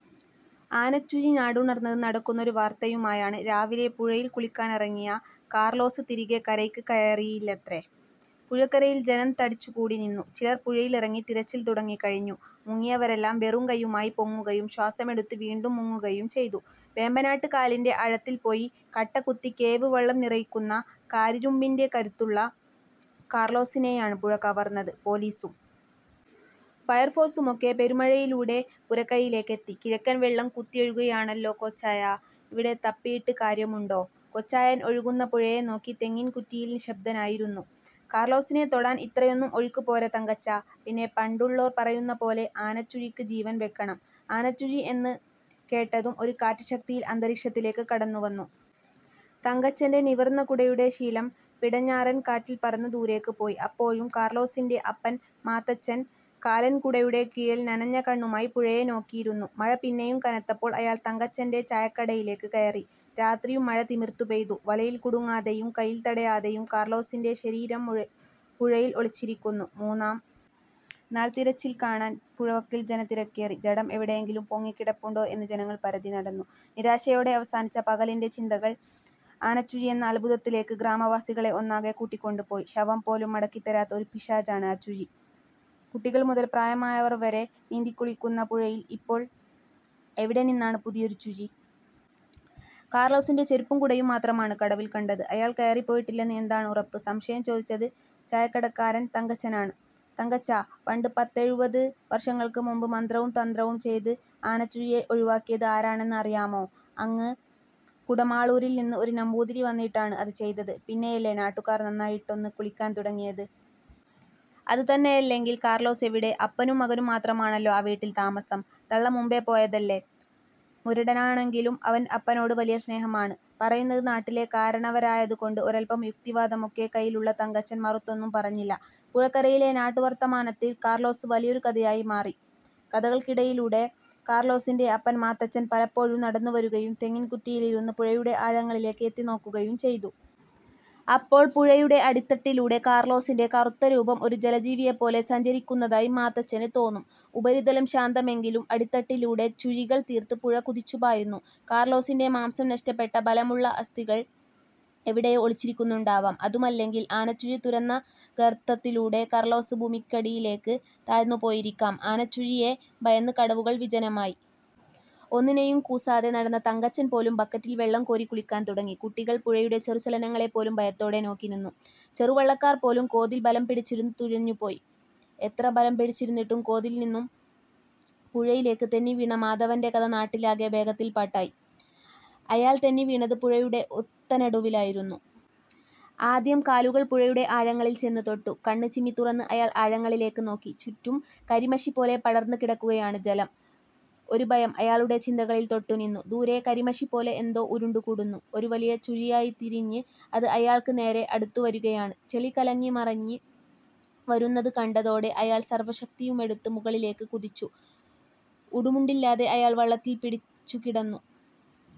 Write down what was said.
ആനച്ചുഴി നാടുണർന്നത് നടുക്കുന്ന ഒരു വാർത്തയുമായാണ്. രാവിലെ പുഴയിൽ കുളിക്കാനിറങ്ങിയ കാർലോസ് തിരികെ കരയ്ക്ക് കയറിയില്ലത്രേ. പുഴക്കരയിൽ ജനം തടിച്ചുകൂടി നിന്നു. ചിലർ പുഴയിലിറങ്ങി തിരച്ചിൽ തുടങ്ങിക്കഴിഞ്ഞു. മുങ്ങിയവരെല്ലാം വെറും കൈയുമായി പൊങ്ങുകയും ശ്വാസമെടുത്ത് വീണ്ടും മുങ്ങുകയും ചെയ്തു. വേമ്പനാട്ട് കായലിന്റെ ആഴത്തിൽ പോയി കട്ടകുത്തി കേവ് വള്ളം നിറയ്ക്കുന്ന കാരിരുമ്പിന്റെ കരുത്തുള്ള കാർലോസിനെയാണ് പുഴ കവർന്നത്. പോലീസും ഫയർഫോഴ്സുമൊക്കെ പെരുമഴയിലൂടെ പുഴക്കരയിലേക്കെത്തി. കിഴക്കൻ വെള്ളം കുത്തിയൊഴുകുകയാണല്ലോ കൊച്ചായാ. ഇവിടെ തപ്പിയിട്ട് കാര്യമുണ്ടോ. കൊച്ചായൻ ഒഴുകുന്ന പുഴയെ നോക്കി തെങ്ങിൻകുറ്റിയിൽ നിശബ്ദനായിരുന്നു. കാർലോസിനെ തൊടാൻ ഇത്രയൊന്നും ഒഴുക്ക് പോര തങ്കച്ചാ. പിന്നെ പണ്ടുള്ളോർ പറയുന്ന പോലെ ആനച്ചുഴിക്ക് ജീവൻ വെക്കണം. ആനച്ചുഴി എന്ന് കേട്ടതും ഒരു കാറ്റ് ശക്തിയിൽ അന്തരീക്ഷത്തിലേക്ക് കടന്നുവന്നു. തങ്കച്ചന്റെ നിവർന്ന കുടയുടെ ശീലം പിടഞ്ഞാറൻ കാറ്റിൽ പറന്ന് ദൂരേക്ക് പോയി. അപ്പോഴും കാർലോസിന്റെ അപ്പൻ മാത്തച്ചൻ കാലൻകുടയുടെ കീഴിൽ നനഞ്ഞ കണ്ണുമായി പുഴയെ നോക്കിയിരുന്നു. മഴ പിന്നെയും കനത്തപ്പോൾ അയാൾ തങ്കച്ചന്റെ ചായക്കടയിലേക്ക് കയറി. രാത്രിയും മഴ തിമിർത്തുപെയ്തു. വലയിൽ കുടുങ്ങാതെയും കൈയിൽ തടയാതെയും കാർലോസിന്റെ ശരീരം പുഴയിൽ ഒളിച്ചിരിക്കുന്നു. മൂന്നാം നാൾ തിരച്ചിൽ കാണാൻ പുഴവക്കിൽ ജനത്തിരക്കേറി. ജഡം എവിടെയെങ്കിലും പൊങ്ങിക്കിടപ്പുണ്ടോ എന്ന് ജനങ്ങൾ പരതി നടന്നു. നിരാശയോടെ അവസാനിച്ച പകലിന്റെ ചിന്തകൾ ആനച്ചുഴിയെന്ന അത്ഭുതത്തിലേക്ക് ഗ്രാമവാസികളെ ഒന്നാകെ കൂട്ടിക്കൊണ്ടുപോയി. ശവം പോലും മടക്കിത്തരാത്ത ഒരു പിശാചാണ് ആ ചുഴി. കുട്ടികൾ മുതൽ പ്രായമായവർ വരെ നീന്തിക്കുളിക്കുന്ന പുഴയിൽ ഇപ്പോൾ എവിടെനിന്നാണ് പുതിയൊരു ചുഴി. കാർലോസിന്റെ ചെരുപ്പും കുടയും മാത്രമാണ് കടവിൽ കണ്ടത്. അയാൾ കയറി പോയിട്ടില്ലെന്ന് എന്താണ് ഉറപ്പ്. സംശയം ചോദിച്ചത് ചായക്കടക്കാരൻ തങ്കച്ചനാണ്. തങ്കച്ചാ. പണ്ട് പത്തെഴുപത് വർഷങ്ങൾക്ക് മുൻപ് മന്ത്രവും തന്ത്രവും ചെയ്ത് ആനച്ചുഴിയെ ഒഴിവാക്കിയത് ആരാണെന്ന് അറിയാമോ. അങ്ങ് കുടമാളൂരിൽനിന്ന് ഒരു നമ്പൂതിരി വന്നിട്ടാണ് അത് ചെയ്തത്. പിന്നെയല്ലേ നാട്ടുകാർ നന്നായിട്ടൊന്ന് കുളിക്കാൻ തുടങ്ങിയത്. അതുതന്നെയല്ലെങ്കിൽ കാർലോസെവിടെ. അപ്പനും മകനും മാത്രമാണല്ലോ ആ വീട്ടിൽ താമസം. തള്ള മുൻപേ പോയതല്ലേ. മുരടനാണെങ്കിലും അവന് അപ്പനോട് വലിയ സ്നേഹമാണ്. പറയുന്നത് നാട്ടിലെ കാരണവരായതുകൊണ്ട് ഒരല്പം യുക്തിവാദമൊക്കെ കൈയിലുള്ള തങ്കച്ചൻ മറുത്തൊന്നും പറഞ്ഞില്ല. പുഴക്കരയിലെ നാട്ടുവർത്തമാനത്തിൽ കാർലോസ് വലിയൊരു കഥയായി മാറി. കഥകൾക്കിടയിലൂടെ കാർലോസിന്റെ അപ്പൻ മാത്തച്ചൻ പലപ്പോഴും നടന്നുവരുകയും തെങ്ങിൻകുറ്റിയിലിരുന്ന് പുഴയുടെ ആഴങ്ങളിലേക്ക് എത്തിനോക്കുകയും ചെയ്തു. അപ്പോൾ പുഴയുടെ അടിത്തട്ടിലൂടെ കാർലോസിന്റെ കറുത്ത രൂപം ഒരു ജലജീവിയെപ്പോലെ സഞ്ചരിക്കുന്നതായി മാത്തച്ചന് തോന്നും. ഉപരിതലം ശാന്തമെങ്കിലും അടിത്തട്ടിലൂടെ ചുഴികൾ തീർത്ത് പുഴ കുതിച്ചുപായുന്നു. കാർലോസിന്റെ മാംസം നഷ്ടപ്പെട്ട ബലമുള്ള അസ്ഥികൾ എവിടെയോ ഒളിച്ചിരിക്കുന്നുണ്ടാവാം. അതുമല്ലെങ്കിൽ ആനച്ചുഴി തുരന്ന ഗർത്തത്തിലൂടെ കാർലോസ് ഭൂമിക്കടിയിലേക്ക് താഴ്ന്നുപോയിരിക്കാം. ആനച്ചുഴിയെ ഭയന്ന് കടവുകൾ വിജനമായി. ഒന്നിനെയും കൂസാതെ നടന്ന തങ്കച്ചൻ പോലും ബക്കറ്റിൽ വെള്ളം കോരി കുളിക്കാൻ തുടങ്ങി. കുട്ടികൾ പുഴയുടെ ചെറുചലനങ്ങളെപ്പോലും ഭയത്തോടെ നോക്കിനിന്നു. ചെറുവള്ളക്കാർ പോലും കോതിൽ ബലംപിടിച്ചിരുന്ന് തുഴഞ്ഞുപോയി. എത്ര ബലംപിടിച്ചിരുന്നിട്ടും കോതിൽനിന്ന് പുഴയിലേക്ക് തെന്നിവീണ മാധവന്റെ കഥ നാട്ടിലാകെ വേഗത്തിൽ പാട്ടായി. അയാൾ തെന്നിവീണത് പുഴയുടെ ഒത്ത നടുവിലായിരുന്നു. ആദ്യം കാലുകൾ പുഴയുടെ ആഴങ്ങളിൽ ചെന്നുതൊട്ടു. കണ്ണ് ചിമ്മിത്തുറന്ന് അയാൾ ആഴങ്ങളിലേക്ക് നോക്കി. ചുറ്റും കരിമഷിപോലെ പടർന്നുകിടക്കുകയാണ് ജലം.ഒരു ഭയം അയാളുടെ ചിന്തകളിൽ തൊട്ടുനിന്നു. ദൂരെ കരിമഷിപോലെ എന്തോ ഉരുണ്ടുകൂടുന്നു. ഒരു വലിയ ചുഴിയായി തിരിഞ്ഞ് അത് അയാൾക്ക് നേരെ അടുത്തുവരികയാണ്. ചെളി കലങ്ങിമറിഞ്ഞ് വരുന്നത് കണ്ടതോടെ അയാൾ സർവശക്തിയുമെടുത്ത് മുകളിലേക്ക് കുതിച്ചു. ഉടുമുണ്ടില്ലാതെ അയാൾ വള്ളത്തിൽ പിടിച്ചുകിടന്നു.